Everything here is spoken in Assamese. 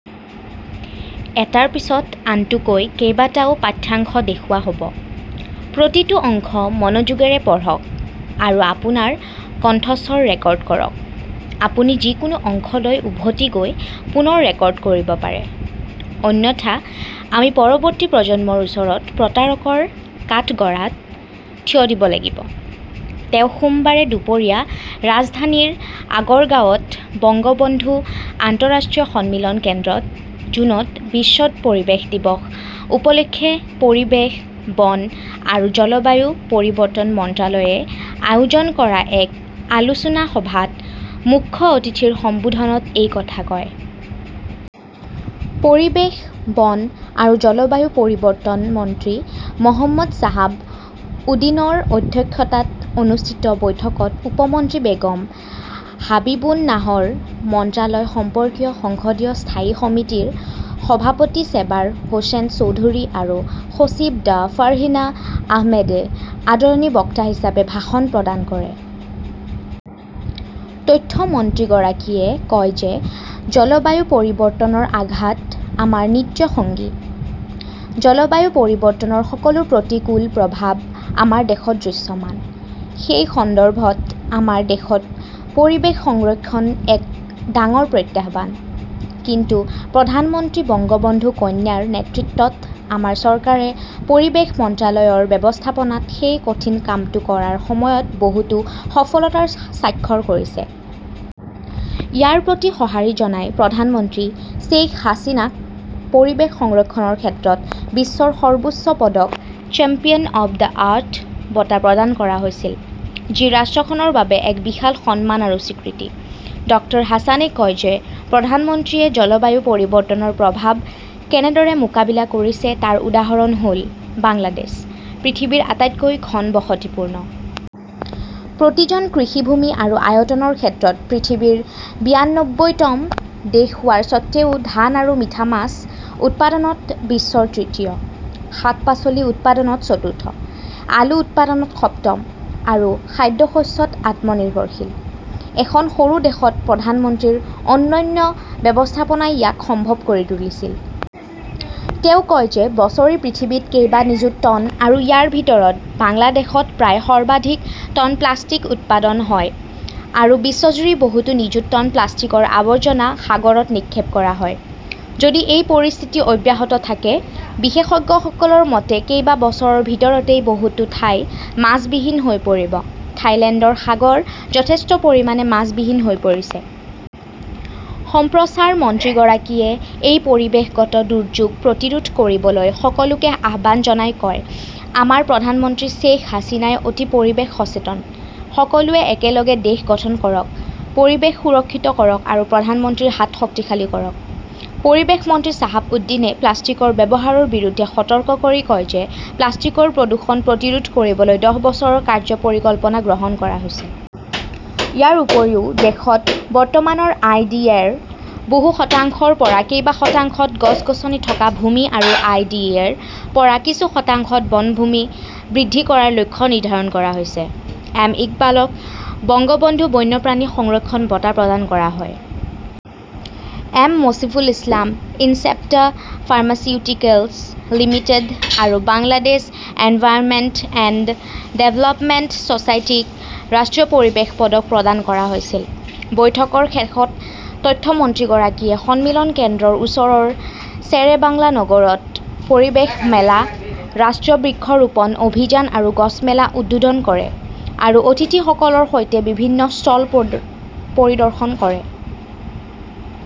অন্যথা আমি পৰৱৰ্তী প্ৰজন্মৰ ওচৰত প্ৰতাৰকৰ কাঠগড়াত থিয় দিব লাগিব। তেওঁ সোমবাৰে দুপৰীয়া ৰাজধানীৰ আগৰগাঁৱত বঙ্গবন্ধু আন্তঃৰাষ্ট্ৰীয় সন্মিলন কেন্দ্ৰত জুনত বিশ্ব পৰিৱেশ দিৱস উপলক্ষে পৰিৱেশ, বন আৰু জলবায়ু পৰিৱৰ্তন মন্ত্ৰালয়ে আয়োজন কৰা এক আলোচনা সভাত মুখ্য অতিথিৰ সম্বোধনত এই কথা কয়। পৰিৱেশ, বন আৰু জলবায়ু পৰিৱৰ্তন মন্ত্ৰী মহম্মদ শ্বাহাব উদিনৰ অধ্যক্ষতাত অনুষ্ঠিত বৈঠকত উপ মন্ত্ৰী বেগম হাবিবুন নাহৰ, মন্ত্ৰালয় সম্পৰ্কীয় সংসদীয় স্থায়ী সমিতিৰ সভাপতি চেবাৰ হোসেন চৌধুৰী আৰু সচিব ড ফাৰ্হিনা আহমেদে আদৰণি বক্তা হিচাপে ভাষণ প্ৰদান কৰে। তথ্য মন্ত্ৰীগৰাকীয়ে কয় যে জলবায়ু পৰিৱৰ্তনৰ আঘাত আমাৰ নিত্য সঙ্গী। জলবায়ু পৰিৱৰ্তনৰ সকলো প্ৰতিকূল প্ৰভাৱ আমাৰ দেশত দৃশ্যমান। সেই সন্দৰ্ভত আমাৰ দেশত পৰিৱেশ সংৰক্ষণ এক ডাঙৰ প্ৰত্যাহ্বান। কিন্তু প্ৰধানমন্ত্ৰী বঙ্গবন্ধু কন্যাৰ নেতৃত্বত আমাৰ চৰকাৰে পৰিৱেশ মন্ত্ৰালয়ৰ ব্যৱস্থাপনাত সেই কঠিন কামটো কৰাৰ সময়ত বহুতো সফলতাৰ স্বাক্ষৰ কৰিছে। ইয়াৰ প্ৰতি সঁহাৰি জনাই প্ৰধানমন্ত্ৰী শ্বেইখ হাছিনাক পৰিৱেশ সংৰক্ষণৰ ক্ষেত্ৰত বিশ্বৰ সৰ্বোচ্চ পদক "চেম্পিয়ন অৱ দ্য আৰ্থ" বঁটা প্ৰদান কৰা হৈছিল, যি ৰাষ্ট্ৰখনৰ বাবে এক বিশাল সন্মান আৰু স্বীকৃতি। ডাঃ হাছানে কয় যে প্ৰধানমন্ত্ৰীয়ে জলবায়ু পৰিৱৰ্তনৰ প্ৰভাৱ কেনেদৰে মোকাবিলা কৰিছে তাৰ উদাহৰণ হ'ল বাংলাদেশ, পৃথিৱীৰ আটাইতকৈ ঘনবসতিপূৰ্ণ। প্ৰতি জন কৃষি ভূমি আৰু আয়তনৰ ক্ষেত্ৰত পৃথিৱীৰ বিয়ান্নব্বৈতম দেশ হোৱাৰ স্বত্ত্বেও ধান আৰু মিঠা মাছ উৎপাদনত বিশ্বৰ তৃতীয়, শাক-পাচলি উৎপাদনত চতুৰ্থ, আলু উৎপাদনত সপ্তম আৰু খাদ্যশস্যত আত্মনিৰ্ভৰশীল। এখন সৰু দেশত প্ৰধানমন্ত্ৰীৰ অনন্য ব্যৱস্থাপনাই ইয়াক সম্ভৱ কৰি তুলিছিল। তেওঁ কয় যে বছৰি পৃথিৱীত কেইবা নিযুত টন আৰু ইয়াৰ ভিতৰত বাংলাদেশত প্ৰায় সৰ্বাধিক টন প্লাষ্টিক উৎপাদন হয় আৰু বিশ্বজুৰি বহুতো নিযুত টন প্লাষ্টিকৰ আৱৰ্জনা সাগৰত নিক্ষেপ কৰা হয়। যদি এই পৰিস্থিতি অব্যাহত থাকে, বিশেষজ্ঞসকলৰ মতে কেইবা বছৰৰ ভিতৰতেই বহুতো ঠাই মাছবিহীন হৈ পৰিব, থাইলেণ্ডৰ সাগৰ যথেষ্ট পৰিমাণে মাছবিহীন হৈ পৰিছে। সম্প্ৰচাৰ মন্ত্ৰীগৰাকীয়ে এই পৰিৱেশগত দুৰ্যোগ প্ৰতিৰোধ কৰিবলৈ সকলোকে আহ্বান জনাই কয়, "আমাৰ প্ৰধানমন্ত্ৰী শ্বেইখ হাছিনাই অতি পৰিৱেশ সচেতন। সকলোৱে একেলগে দেশ গঠন কৰক, পৰিৱেশ সুৰক্ষিত কৰক আৰু প্ৰধানমন্ত্ৰীৰ হাত শক্তিশালী কৰক"। পৰিৱেশ মন্ত্ৰী শ্বাহাব উদ্দীনে প্লাষ্টিকৰ ব্যৱহাৰৰ বিৰুদ্ধে সতৰ্ক কৰি কয় যে প্লাষ্টিকৰ প্ৰদূষণ প্ৰতিৰোধ কৰিবলৈ দহ বছৰৰ কাৰ্য্য পৰিকল্পনা গ্ৰহণ কৰা হৈছে। ইয়াৰ উপৰিও, দেশত বৰ্তমানৰ আই. ডি.ৰ বহু শতাংশৰ পৰা কেইবা শতাংশত গছ-গছনি থকা ভূমি আৰু আই. ডি. ৰ পৰা কিছু শতাংশত বনভূমি বৃদ্ধি কৰাৰ লক্ষ্য নিৰ্ধাৰণ কৰা হৈছে। এম. ইকবালক বঙ্গবন্ধু বন্যপ্ৰাণী সংৰক্ষণ বঁটা প্ৰদান কৰা হয়। M. Mofizul Islam, Incepta pharmaceuticals limited আৰু বাংলাদেশ এনভাইৰনমেণ্ট এণ্ড ডেভেলপমেণ্ট ছ'চাইটিক ৰাষ্ট্ৰীয় পৰিৱেশ পদক প্ৰদান কৰা হৈছিল। বৈঠকৰ শেষত তথ্য মন্ত্ৰীগৰাকীয়ে সন্মিলন কেন্দ্ৰৰ ওচৰৰ শ্বেৰেবাংলা নগৰত পৰিৱেশ মেলা, ৰাষ্ট্ৰীয় বৃক্ষ ৰোপণ অভিযান আৰু গছ মেলা উদ্বোধন কৰে আৰু অতিথিসকলৰ সৈতে বিভিন্ন ষ্টল পৰিদৰ্শন কৰে।